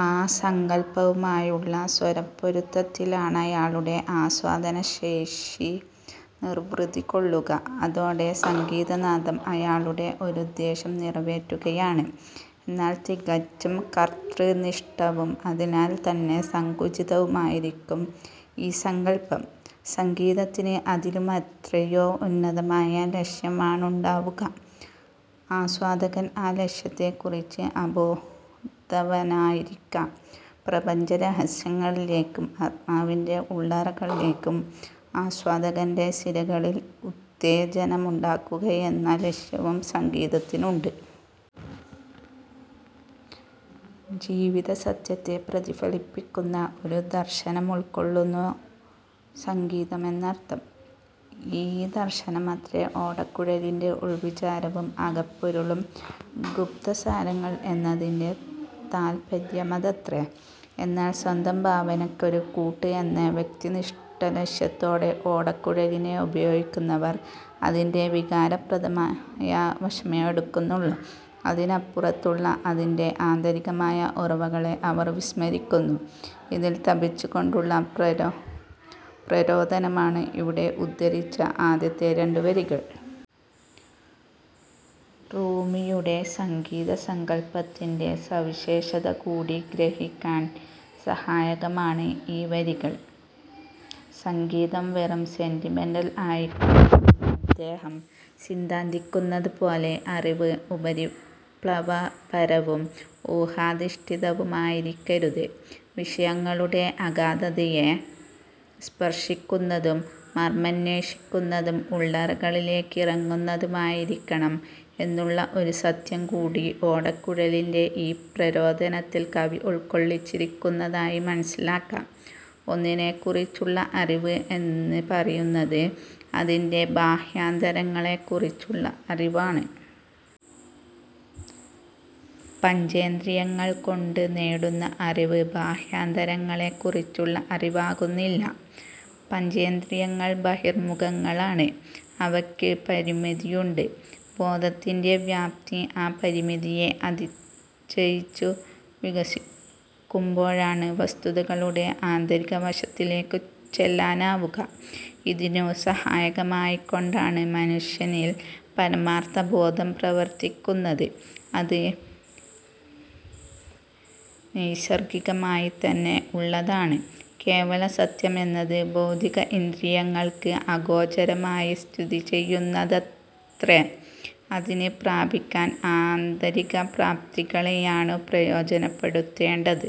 ആ സങ്കല്പവുമായുള്ള സ്വരപ്പൊരുത്തത്തിലാണയാളുടെ ആസ്വാദനശേഷി നിർവൃതികൊള്ളുക. അതോടെ സംഗീതനാദം അയാളുടെ ഒരുദ്ദേശ്യം നിറവേറ്റുകയാണ്. എന്നാൽ തികച്ചും കർത്തൃനിഷ്ഠവും അതിനാൽത്തന്നെ സങ്കുചിതവുമായിരിക്കും ഈ സങ്കല്പം. സംഗീതത്തിന് അതിലുമെത്രയോ ഉന്നതമായ ലക്ഷ്യമാണുണ്ടാവുക. ആസ്വാദകൻ ആ ലക്ഷ്യത്തെക്കുറിച്ച് അബോധവാനായിരിക്കാം. പ്രപഞ്ചരഹസ്യങ്ങളിലേക്കും ആത്മാവിന്റെ ഉള്ളറകളിലേക്കും ആസ്വാദകന്റെ സിരകളിൽ ഉത്തേജനമുണ്ടാക്കുകയെന്ന ലക്ഷ്യവും സംഗീതത്തിനുണ്ട്. ജീവിതസത്യത്തെ പ്രതിഫലിപ്പിക്കുന്ന ഒരു ദർശനമുൾക്കൊള്ളുന്നു സംഗീതമെന്നർഥം. ഈ ദർശനമത്രേ ഓടക്കുഴലിന്റെ ഉൾവിചാരവും അകപ്പൊരുളും. 'ഗുപ്തസാരങ്ങൾ'എന്നതിന്റെ താത്പര്യമതത്രേ. എന്നാൽ സ്വന്തം ഭാവനയ്ക്കൊരു കൂട്ട് എന്ന വ്യക്തിനിഷ്ഠ ലക്ഷ്യത്തോടെ ഓടക്കുഴലിനെ ഉപയോഗിക്കുന്നവർ അതിന്റെ വികാരപ്രധാനമായ വശമേ എടുക്കുന്നുള്ളൂ. അതിനപ്പുറത്തുള്ള അതിന്റെ ആന്തരികമായ ഉറവകളെ അവർ വിസ്മരിക്കുന്നു. ഇതിൽ തപിച്ചുകൊണ്ടുള്ള പ്രരോദനമാണ് ഇവിടെ ഉദ്ധരിച്ച ആദ്യത്തെ രണ്ടുവരികൾ. റൂമിയുടെ സംഗീതസങ്കല്പത്തിന്റെ സവിശേഷതകൂടി ഗ്രഹിക്കാൻ സഹായകമാണ് ഈ വരികൾ; സംഗീതം വെറും 'സെന്റിമെന്റൽ'ആയിക്കൂടാ എന്നദ്ദേഹം സിദ്ധാന്തിക്കുന്നതുപോലെ. അറിവ് ഉപരിപ്ലവപരവും ഊഹാധിഷ്ഠിതവുമായിരിക്കരുത്, വിഷയങ്ങളുടെ അഗാധതയെ സ്പർശിക്കുന്നതും മർമമന്വേഷിക്കുന്നതും ഉള്ളറകളിലേക്കിറങ്ങുന്നതുമായിരിക്കണം എന്നുള്ള ഒരു സത്യംകൂടി ഓടക്കുഴലിന്റെ ഈ പ്രരോദനത്തിൽ കവി ഉൾക്കൊള്ളിച്ചിരിക്കുന്നതായി മനസ്സിലാക്കാം. ഒന്നിനെക്കുറിച്ചുള്ള അറിവ് എന്ന് പറയുന്നത് അതിന്റെ ബാഹ്യാന്തരങ്ങളെക്കുറിച്ചുള്ള അറിവാണ്. പഞ്ചേന്ദ്രിയങ്ങൾകൊണ്ട് നേടുന്ന അറിവ് ബാഹ്യാന്തരങ്ങളെക്കുറിച്ചുള്ള അറിവാകുന്നില്ല. പഞ്ചേന്ദ്രിയങ്ങൾ ബഹിർമുഖങ്ങളാണ്. അവയ്ക്ക് പരിമിതിയുണ്ട്. ബോധത്തിന്റെ വ്യാപ്തി ആ പരിമിതിയെ അതിജയിച്ചു വികസിക്കുമ്പോഴാണ് വസ്തുതകളുടെ ആന്തരികവശത്തിലേക്കു ചെല്ലാനാവുക. ഇതിനു സഹായകമായിക്കൊണ്ടാണ് മനുഷ്യനിൽ പരമാർഥബോധം പ്രവർത്തിക്കുന്നത്. അത് നൈസർഗികമായിത്തന്നെ ഉള്ളതാണ്. കേവലസത്യമെന്നത് ഭൗതിക ഇന്ദ്രിയങ്ങൾക്ക് അഗോചരമായി സ്ഥിതിചെയ്യുന്നതത്രേ. അതിനെ പ്രാപിക്കാൻ ആന്തരികപ്രാപ്തികളെയാണു പ്രയോജനപ്പെടുത്തേണ്ടത്.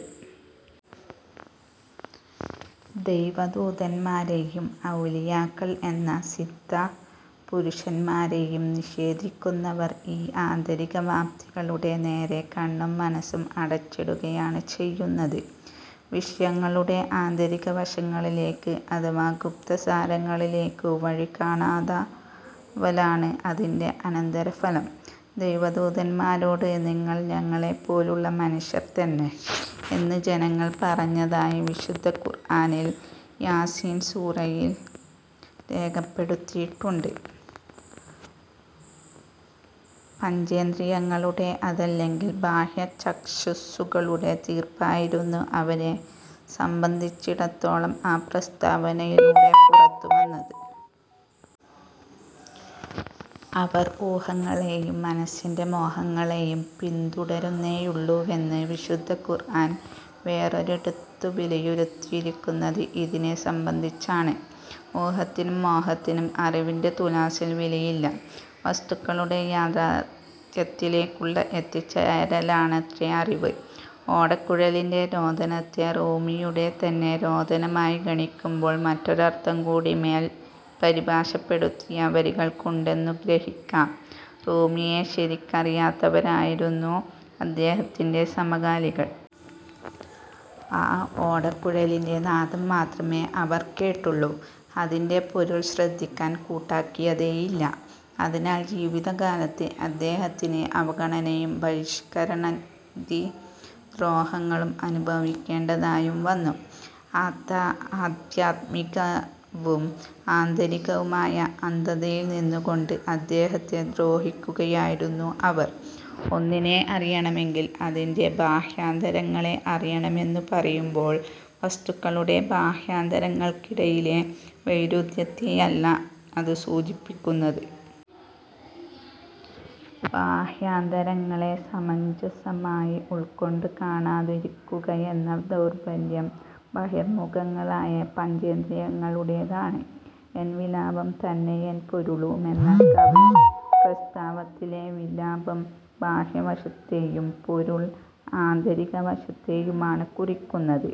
ദൈവദൂതന്മാരെയും 'ഔലിയാക്കൾ'എന്ന സിദ്ധപുരുഷന്മാരെയും നിഷേധിക്കുന്നവർ ഈ ആന്തരികവ്യാപ്തികളുടെ നേരെ കണ്ണും മനസ്സും അടച്ചിടുകയാണ് ചെയ്യുന്നത്. വിഷയങ്ങളുടെ ആന്തരികവശങ്ങളിലേക്ക് അഥവാ ഗുപ്തസാരങ്ങളിലേക്കു വഴി കാണാതാവലാണ് അതിന്റെ അനന്തരഫലം. ദൈവദൂതന്മാരോട് 'നിങ്ങൾ ഞങ്ങളെപ്പോലുള്ള മനുഷ്യർതന്നെ'എന്ന് ജനങ്ങൾ പറഞ്ഞതായി വിശുദ്ധ ഖുർആനിൽ യാസീൻ സൂറയിൽ രേഖപ്പെടുത്തിയിട്ടുണ്ട്. പഞ്ചേന്ദ്രിയങ്ങളുടെ അതല്ലെങ്കിൽ ബാഹ്യചക്ഷുസ്സുകളുടെ തീർപ്പായിരുന്നു അവരെ സംബന്ധിച്ചിടത്തോളം ആ പ്രസ്താവനയിലൂടെ പുറത്തുവന്നത്. 'അവർ ഊഹങ്ങളെയും മനസ്സിന്റെ മോഹങ്ങളെയും പിന്തുടരുന്നേയുള്ളൂ'വെന്ന് വിശുദ്ധ ഖുർആൻ വേറൊരിടത്തു വിലയിരുത്തിയിരിക്കുന്നത് ഇതിനെ സംബന്ധിച്ചാണ്. ഊഹത്തിനും മോഹത്തിനും അറിവിന്റെ തുലാസിൽ വിലയില്ല. വസ്തുക്കളുടെ യാഥാർഥ്യത്തിലേക്കുള്ള എത്തിച്ചേരലാണത്രേ അറിവ്. ഓടക്കുഴലിന്റെ രോദനത്തെ റൂമിയുടെതന്നെ രോദനമായി ഗണിക്കുമ്പോൾ മറ്റൊരർഥംകൂടി മേൽ പരിഭാഷപ്പെടുത്തിയ വരികൾക്കുണ്ടെന്നു ഗ്രഹിക്കാം. റൂമിയെ ശരിക്കറിയാത്തവരായിരുന്നു അദ്ദേഹത്തിന്റെ സമകാലികർ. ആ ഓടക്കുഴലിന്റെ നാദം മാത്രമേ അവർ കേട്ടുള്ളൂ, അതിന്റെ പൊരുൾ ശ്രദ്ധിക്കാൻ കൂട്ടാക്കിയതേയില്ല. അതിനാൽ ജീവിതകാലത്ത് അദ്ദേഹത്തിന് അവഗണനയും ബഹിഷ്കരണാദി ദ്രോഹങ്ങളും അനുഭവിക്കേണ്ടതായും വന്നു. ആധ്യാത്മികവും ആന്തരികവുമായ അന്ധതയിൽനിന്നുകൊണ്ട് അദ്ദേഹത്തെ ദ്രോഹിക്കുകയായിരുന്നു അവർ. ഒന്നിനെ അറിയണമെങ്കിൽ അതിന്റെ ബാഹ്യാന്തരങ്ങളെ അറിയണമെന്നു പറയുമ്പോൾ വസ്തുക്കളുടെ ബാഹ്യാന്തരങ്ങൾക്കിടയിലെ വൈരുധ്യത്തെയല്ല അതു സൂചിപ്പിക്കുന്നത്. ബാഹ്യാന്തരങ്ങളെ സമഞ്ജസമായി ഉൾക്കൊണ്ടു കാണാതിരിക്കുകയെന്ന ദൗർബല്യം ബഹിർമുഖങ്ങളായ പഞ്ചേന്ദ്രിയങ്ങളുടേതാണ്. 'എൻ വിലാപം തന്നെയെൻ പൊരുളു'മെന്ന കവിപ്രസ്താവത്തിലെ 'വിലാപം'ബാഹ്യവശത്തെയും 'പൊരുൾ'ആന്തരികവശത്തെയുമാണ് കുറിക്കുന്നത്.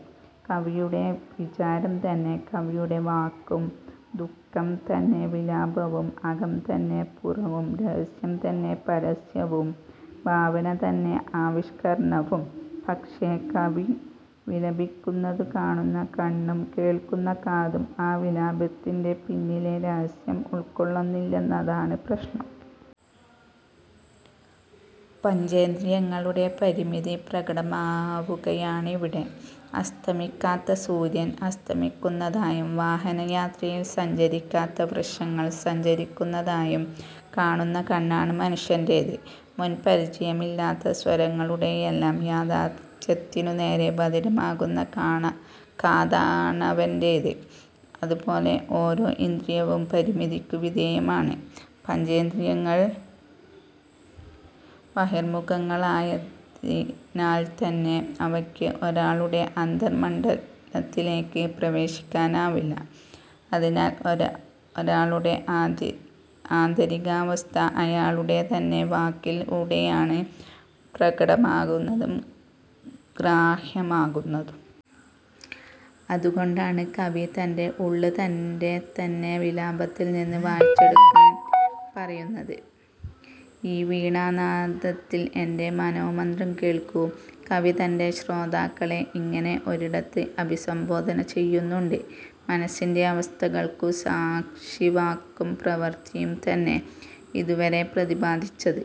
കവിയുടെ വിചാരംതന്നെ കവിയുടെ വാക്കും, ദുഃഖം തന്നെ വിലാപവും, അകം തന്നെ പുറവും, രഹസ്യംതന്നെ പരസ്യവും, ഭാവനതന്നെ ആവിഷ്കരണവും. പക്ഷേ, കവി വിലപിക്കുന്നതു കാണുന്ന കണ്ണും കേൾക്കുന്ന കാതും ആ വിലാപത്തിന്റെ പിന്നിലെ രഹസ്യം ഉൾക്കൊള്ളുന്നില്ലെന്നതാണ് പ്രശ്നം. പഞ്ചേന്ദ്രിയങ്ങളുടെ പരിമിതി പ്രകടമാവുകയാണിവിടെ. അസ്തമിക്കാത്ത സൂര്യൻ അസ്തമിക്കുന്നതായും വാഹനയാത്രയിൽ സഞ്ചരിക്കാത്ത വൃക്ഷങ്ങൾ സഞ്ചരിക്കുന്നതായും കാണുന്ന കണ്ണാണ് മനുഷ്യന്റെത്. മുൻ പരിചയമില്ലാത്ത സ്വരങ്ങളുടെയെല്ലാം യാഥാർഥ്യത്തിനുനേരേ ബധിരമാകുന്ന കാതാണവന്റെത്. അതുപോലെ ഓരോ ഇന്ദ്രിയവും പരിമിതിക്കു വിധേയമാണ്. പഞ്ചേന്ദ്രിയങ്ങൾ ബഹിർമുഖങ്ങളായതിനാൽത്തന്നെ അവയ്ക്ക് ഒരാളുടെ അന്തർമണ്ഡലത്തിലേക്ക് പ്രവേശിക്കാനാവില്ല. അതിനാൽ ഒരാളുടെ ആന്തരികാവസ്ഥ അയാളുടെ തന്നെ വാക്കിലൂടെയാണ് പ്രകടമാകുന്നതും ഗ്രാഹ്യമാകുന്നതും. അതുകൊണ്ടാണ് കവി തന്റെ ഉള്ള് തന്റെ തന്നെ വിലാപത്തിൽനിന്ന് വായിച്ചെടുക്കാൻ പറയുന്നത്. 'ഈ വീണാനാദത്തിൽ എന്റെ മനോമന്ത്രം കേൾക്കൂ,'കവി തന്റെ ശ്രോതാക്കളെ ഇങ്ങനെ ഒരിടത്ത് അഭിസംബോധന ചെയ്യുന്നുണ്ട്. മനസ്സിന്റെ അവസ്ഥകൾക്കു സാക്ഷി വാക്കും പ്രവൃത്തിയും തന്നെ. ഇതുവരെ പ്രതിപാദിച്ച